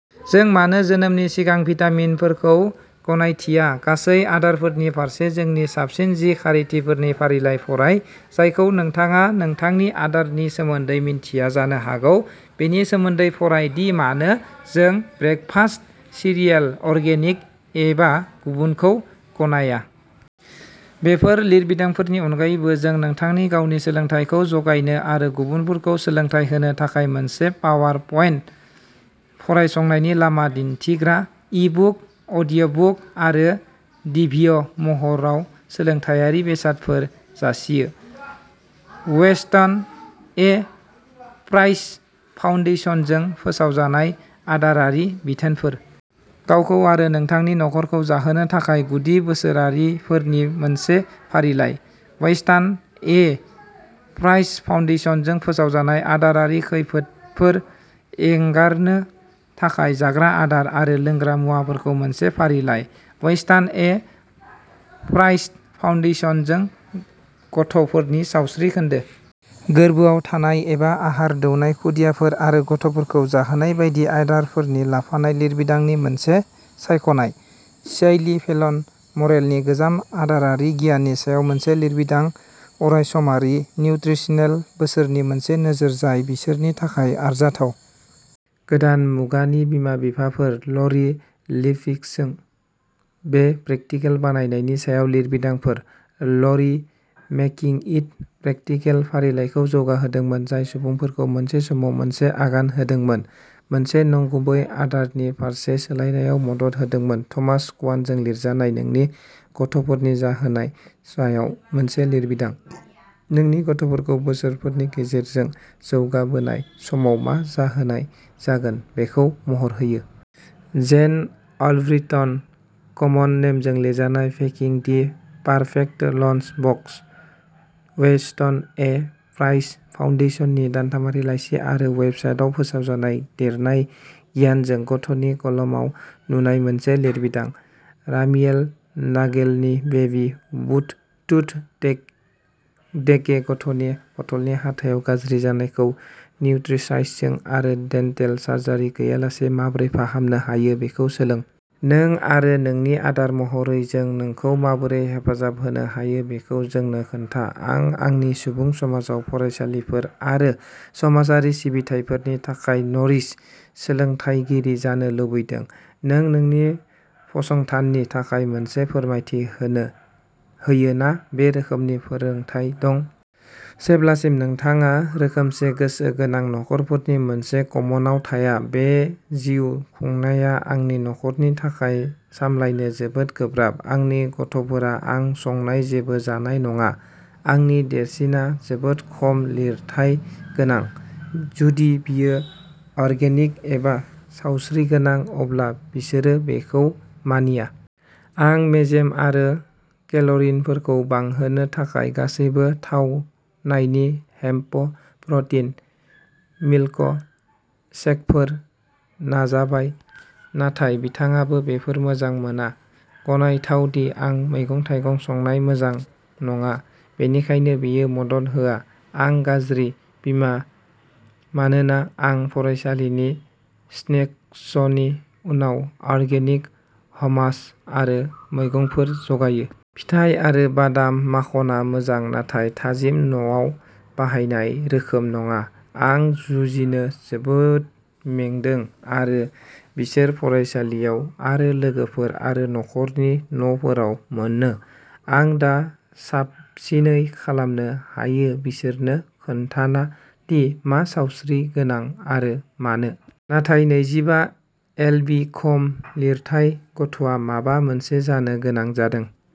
जों मानो जोनोमनि सिगां भिटामिनफोरखौ गनायथिया, गासै आदारफोरनि फारसे जोंनि साबसिन जि खारिथिफोरनि फारिलाइखौ फराय जायखौ नोंथाङा नोंथांनि आदारनि सोमोन्दै मिन्थिया जानो हागौ। बेनि सोमोन्दै फराय दि मानो जों ब्रेकफास्ट सिरियेल, अर्गेनिक एबा गुबुनखौ गनाया। बेफोर लिरबिदांफोरनि अनगायै जों नोंथांनि गावनि सोलोंथाइखौ जगायनो आरो गुबुनफोरखौ सोलोंथाय होनो थाखाय मोनसे पावारपइन्ट, फरायसंनाय लामा दिन्थिग्रा, इ-बुक, अडिअ'बुक आरो डिभिअ महराव सोलोंथायारि बेसादफोर जासियो। वेस्टन ए प्राइस फाउन्डेसनजों फोसावजानाय आदारारि बिथोनफोर। गावखौ आरो नोंथांनि नखरखौ जाहोनो थाखाय गुदि बोसोरारिफोरनि मोनसे फारिलाइ। वेस्टान ए प्राइस फाउन्डेसनजों फोसावजानाय आदारारि खैफोदफोर। एंगारनो थाखाय जाग्रा आदार आरो लोंग्रा मुवाफोरनि मोनसे फारिलाइ। वेस्टन ए प्राइस फाउन्डेशनजों गथ'फोरनि सावस्रि खोन्दो। गोर्बोआव थानाय एबा आहार दौनाय, खुदियाफोर आरो गथ'फोरखौ जाहोनाय बायदि आयदाफोरखौ लाफानाय लिरबिदांफोरनि मोनसे सायख'नाय। स्यालि फेलन मरेलनि गोजाम आदारारि गियाननि सायाव मोनसे लिरबिदां अरायसमारि निउत्रिसनेल बोसोनफोरनि मोनसे नोजोर जाय बिसोरनि थाखाय आरजाथाव। गोदान मुगानि बिमा-बिफाफोर। ल'रि लिपिन्स्किजों बे प्रेकटिकेल बानायनायनि सायाव लिरबिदांफोर। ल'र "मेकिं इट प्रेकटिकेल" फारिखौ जौगाहोदोंमोन, जाय सुबुंफोरखौ मोनसे समाव मोनसे आगान होनानै मोनसे नंगुबै आदारनि फारसे सोलायनायाव मदद होदोंमोन। थमास कवानजों लिरजानाय नोंनि गथ'फोरखौ जाहोनाय सायाव मोनसे लिरबिदां, नोंनि गथ'खौ बोसोरफोरनि गेजेरजों जौगाबोनाय समाव मा जाहोनाय जागोन बेखौ महर होयो। जेन आलबिटन, कमन नेमजों लिरजानाय packing the perfect lunch box. Weston A. Price फाउन्डेशननि दानथामारि लाइसि आरो वेबसाइटआव फोसावजानाय देरनाय गियानगोनां गथ'नि कलमाव नुजानाय मोनसे लिरबिदां। रामियेल नागेलनि baby bottle tooth deck decay. गथ'नि बथलनि हाथाइ गाज्रि जानायखौ निउत्रिसनजों आरो डेन्टेल सार्जारि गैयालासे माबोरै फाहामनो हायो बेखौ सोलों। नों आरो नोंनि आदार महरै जों नोंखौ माबोरै हेफाजाब होनो हायो बेखौ जोंनो खोन्था। आं आंनि सुबुं समाजाव फरायसालिफोर आरो समाजारि सिबिथाइफोरनि थाखाय "न'रिश" सोलोंथायगिरि जानो लुबैदों। नों नोंनि फसंथाननि थाखाय मोनसे फोरमानथि होनो होयो ना बे रोखोमनि फोरोंथाय दं? जेब्लासिम नोंथाङा रोखोमसे गोसो गोनां नखरफोरनि मोनसे कम्मनआव थाया, बे जिउ खुंनाया आंनि नखरनि थाखाय सामलायनो जोबोद गोब्राब। आंनि गथ'फोरा आं संनाय जेबो जानाय नङा। आंनि देरसिनआ जोबोद खम लिरथाय गोनां। जुदि बेयो अर्गेनिक एबा सावस्रिगोनां, अब्ला बिसोरो बेखौ मानिया। आं मेजेम आरो केल'रिफोरखौ बांहोनो थाखाय गासैबो थावनायनि हेम्प प्र'टिन मिल्क शेकफोर नाजाबाय, नाथाय बिथाङाबो बेफोरखौ "मोजां मोना"। गनायथाव दि आं मैगं-थाइगं संनायाव मोजां नङा। बेनिखायनो बेयो मदद होआ। आं "गाज्रि" बिमा मानोना आं फरायसालिनि स्नेक्सनि उनाव अर्गेनिक हममास आरो मैगंफोर जगायो। फिथाइ आरो बादाम माखनआ मोजां नाथाय थाजिम न'आव बाहायनाय रोखोम नङा। आं जुजिनो जोबोद मेंदों आरो बिसोर फरायसालियाव आरो लोगोफोर आरो नखरफोरनि न'फोराव मोनो। आं दा साबसिनै खालामनो हायो बिसोरनो खोन्थाना दि मा सावस्रिगोनां आरो मानो। नाथाय नैजिबा एलबि खम लिरथाय गथ'आ माबा मोनसे जानो गोनां जादों।